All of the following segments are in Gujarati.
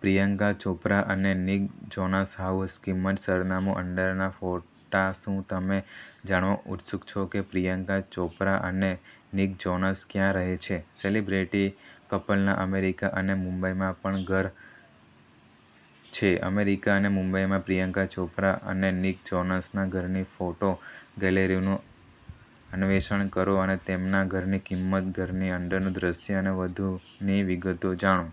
પ્રિયંકા ચોપરા અને નિક જોનાસ હાઉસ કિંમત, સરનામું, અંદરના ફોટા શું તમે જાણવા ઉત્સુક છો કે પ્રિયંકા ચોપરા અને નિક જોનાસ ક્યાં રહે છે? સેલિબ્રિટી કપલના અમેરિકા અને મુંબઈમાં પણ ઘર છે. અમેરિકા અને મુંબઈમાં પ્રિયંકા ચોપરા અને નિક જોનાસના ઘરની ફોટો ગેલેરીનું અન્વેષણ કરો અને તેમના ઘરની કિંમત, ઘરની અંદરનું દૃશ્ય અને વધુની વિગતો જાણો.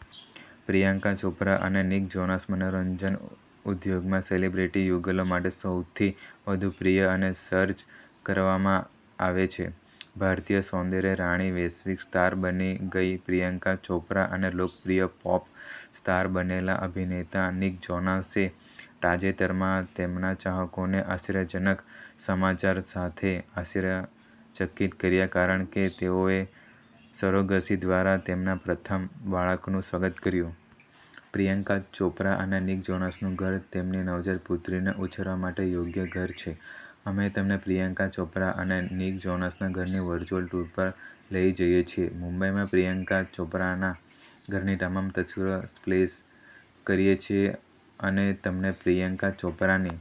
પ્રિયંકા ચોપરા અને નિક જોનાસ મનોરંજન ઉદ્યોગમાં સેલિબ્રિટી યુગલો માટે સૌથી વધુ પ્રિય અને સર્ચ કરવામાં આવે છે. ભારતીય સૌંદર્ય રાણી વૈશ્વિક સ્ટાર બની ગઈ પ્રિયંકા ચોપરા અને લોકપ્રિય પોપ સ્ટાર બનેલા અભિનેતા નિક જોનાસે તાજેતરમાં તેમના ચાહકોને આશ્ચર્યજનક સમાચાર સાથે આશ્ચર્યચકિત કર્યા કારણ કે તેઓએ સરોગસી દ્વારા તેમના પ્રથમ બાળકનું સ્વાગત કર્યું. પ્રિયંકા ચોપરા અને નિક જોનાસનું ઘર તેમની નવજાત પુત્રીને ઉછેરવા માટે યોગ્ય ઘર છે. અમે તમને પ્રિયંકા ચોપરા અને નિક જોનાસના ઘરની વર્ચ્યુઅલ ટૂર પર લઈ જઈએ છીએ, મુંબઈમાં પ્રિયંકા ચોપરાના ઘરની તમામ તસવીરો સ્પ્લેશ કરીએ છીએ અને તમને પ્રિયંકા ચોપરાની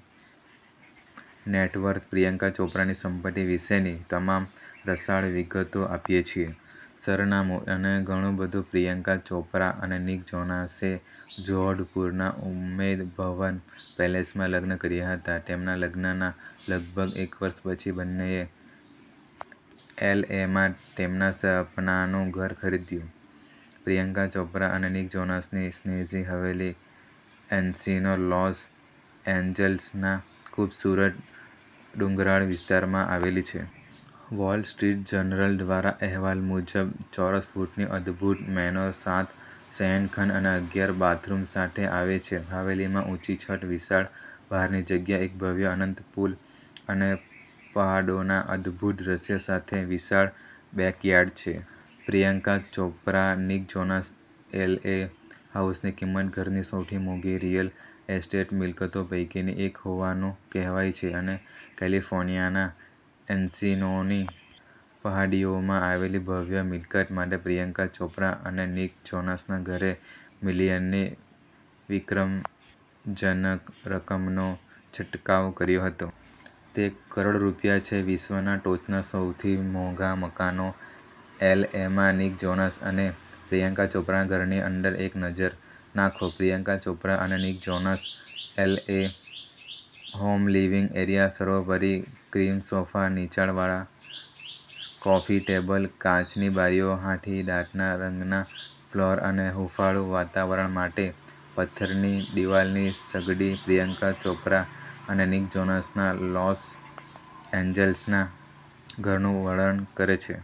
નેટવર્થ, પ્રિયંકા ચોપરાની સંપત્તિ વિશેની તમામ રસાળ વિગતો આપીએ છીએ. સરનામું અને ઘણું બધું. પ્રિયંકા ચોપરા અને નિક જોનાસે જોધપુરના ઉમેદ ભવન પેલેસમાં લગ્ન કર્યા હતા. તેમના લગ્નના લગભગ એક વર્ષ પછી બંનેએ એલએમાં તેમના સપનાનું ઘર ખરીદ્યું. પ્રિયંકા ચોપરા અને નિક જોનાસની સ્નેઝી હવેલી એન્સિનો લોસ એન્જલસના ખૂબસૂરત ડુંગરાળ વિસ્તારમાં આવેલી છે. વોલ સ્ટ્રીટ જર્નલ દ્વારા અહેવાલ મુજબ, ચોરસ ફૂટની અદભૂત મેનોર સાત શયનખંડ અને અગિયાર બાથરૂમ સાથે આવે છે. હવેલીમાં ઊંચી છત, વિશાળ બહારની જગ્યા, એક ભવ્ય અનંત પૂલ અને પહાડોના અદભૂત દૃશ્ય સાથે વિશાળ બેકયાર્ડ છે. Priyanka Chopra Nick Jonas L હાઉસની કિંમત ઘરની સૌથી મોંઘી રિયલ એસ્ટેટ મિલકતો પૈકીની એક હોવાનું કહેવાય છે અને કેલિફોર્નિયાના એન્સિનોની પહાડીઓમાં આવેલી ભવ્ય મિલકત માટે પ્રિયંકા ચોપરા અને નિક જોનાસના ઘરે મિલિયનની વિક્રમજનક રકમનો છંટકાવ કર્યો હતો. તે કરોડ રૂપિયા છે. વિશ્વના ટોચના સૌથી મોંઘા મકાનો એલએમાં નિક જોનાસ અને પ્રિયંકા ચોપરાના ઘરની અંદર એક નજર નાખો. પ્રિયંકા ચોપરા અને Nick Jonas LA home living area સર્વોપરી ક્રીમ સોફા, નીચાણ વાળા કોફી ટેબલ, કાચની બારીઓ, હાથીદાંતના રંગના ફ્લોર અને હૂંફાળું વાતાવરણ માટે પથ્થરની દીવાલની સગડી પ્રિયંકા ચોપરા અને નિક જોનાસના લોસ એન્જલસના ઘરનું વર્ણન કરે છે.